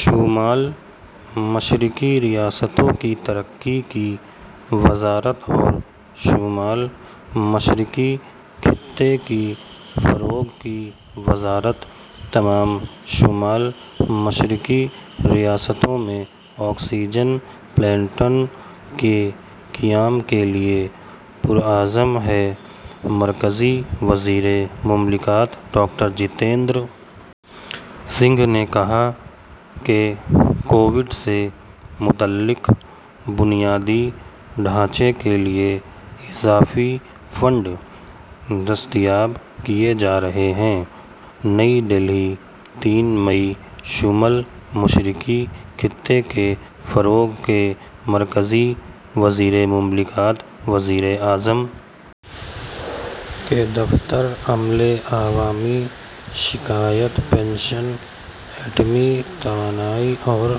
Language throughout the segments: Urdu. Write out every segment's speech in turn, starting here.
شمال مشرقی ریاستوں کی ترقی کی وزارت اور شمال مشرقی خطے کے فروغ کی وزارت تمام شمال مشرقی ریاستوں میں آکسیجن پلانٹوں کے قیام کے لیے پرعزم ہے مرکزی وزیر مملکت ڈاکٹر جتیندر سنگھ نے کہا کہ کووڈ سے متعلق بنیادی ڈھانچے کے لیے اضافی فنڈ دستیاب کیا جا رہا ہے نئی دہلی تین مئی شمال مشرقی خطے کے فروغ کے مرکزی وزیر مملکت وزیر اعظم کے دفتر عملے عوامی شکایات پنشن ایٹمی توانائی اور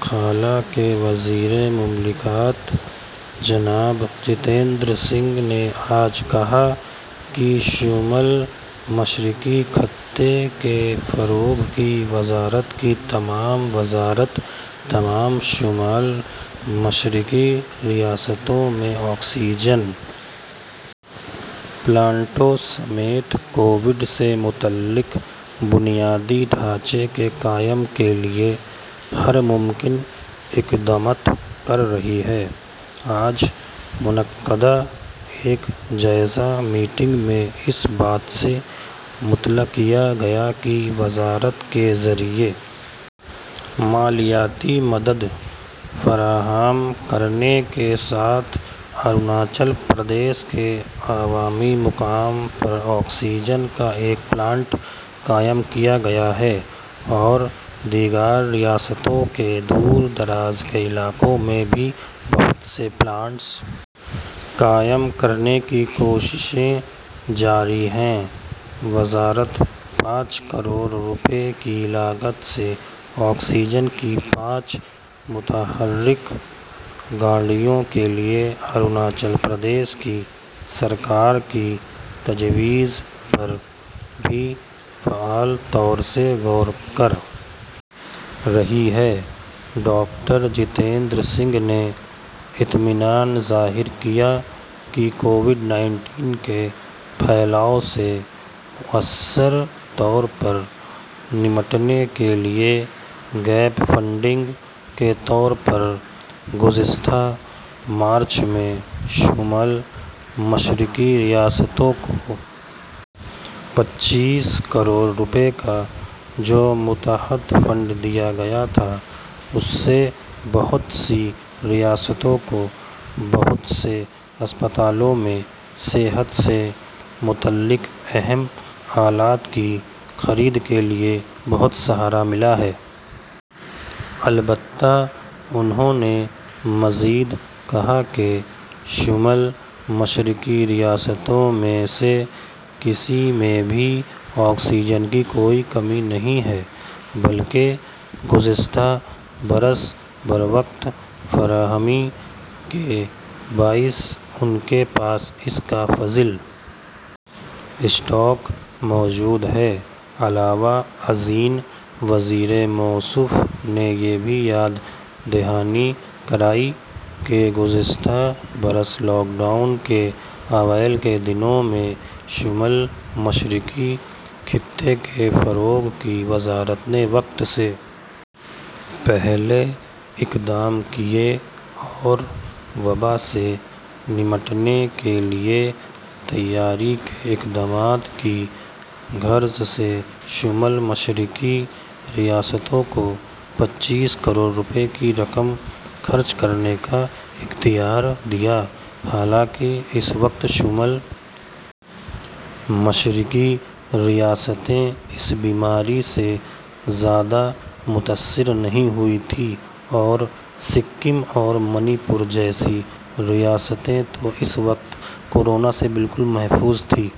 خلا کے وزیر مملکت جناب جتیندر سنگھ نے آج کہا کہ شمال مشرقی خطے کے فروغ کی وزارت تمام شمال مشرقی ریاستوں میں آکسیجن پلانٹوں سمیت کووڈ سے متعلق بنیادی ڈھانچے کے قیام کے لیے ہر ممکنہ اقدامات کر رہی ہے آج منعقدہ ایک جائزہ میٹنگ میں اس بات سے مطلع کیا گیا کہ وزارت کے ذریعہ مالیاتی مدد فراہم کرنے کے ساتھ اروناچل پردیش کے عوامی مقام پر آکسیجن کا ایک پلانٹ قائم کیا گیا ہے اور دیگر ریاستوں کے دور دراز کے علاقوں میں بھی بہت سے پلانٹس قائم کرنے کی کوششیں جاری ہیں وزارت پانچ کروڑ روپے کی لاگت سے آکسیجن کی پانچ متحرک گاڑیوں کے لیے اروناچل پردیش کی سرکار کی تجویز پر بھی فعال طور سے غور کر رہی ہے ڈاکٹر جتیندر سنگھ نے اطمینان ظاہر کیا کہ کووڈ انیس کے پھیلاؤ سے مؤثر طور پر نمٹنے کے لیے گیپ فنڈنگ کے طور پر گزشتہ مارچ میں شمال مشرقی ریاستوں کو پچیس کروڑ روپے کا جو متحد فنڈ دیا گیا تھا اس سے بہت سی ریاستوں کو بہت سے اسپتالوں میں صحت سے متعلق اہم آلات کی خرید کے لیے بہت سہارا ملا ہے البتہ انہوں نے مزید کہا کہ شمال مشرقی ریاستوں میں سے کسی میں بھی آکسیجن کی کوئی کمی نہیں ہے بلکہ گزشتہ برس بروقت فراہمی کے باعث ان کے پاس اس کا فاضل اسٹاک موجود ہے علاوہ ازیں وزیر موصوف نے یہ بھی یاد دہانی کرائی کہ گزشتہ برس لاک ڈاؤن کے اوائل کے دنوں میں شمال مشرقی خطے کے فروغ کی وزارت نے وقت سے پہلے اقدام کیے اور وبا سے نمٹنے کے لیے تیاری کے اقدامات کی غرض سے شمال مشرقی ریاستوں کو پچیس کروڑ روپے کی رقم خرچ کرنے کا اختیار دیا حالانکہ اس وقت شمال مشرقی ریاستیں اس بیماری سے زیادہ متاثر نہیں ہوئی تھیں اور سکم اور منی پور جیسی ریاستیں تو اس وقت کورونا سے بالکل محفوظ تھیں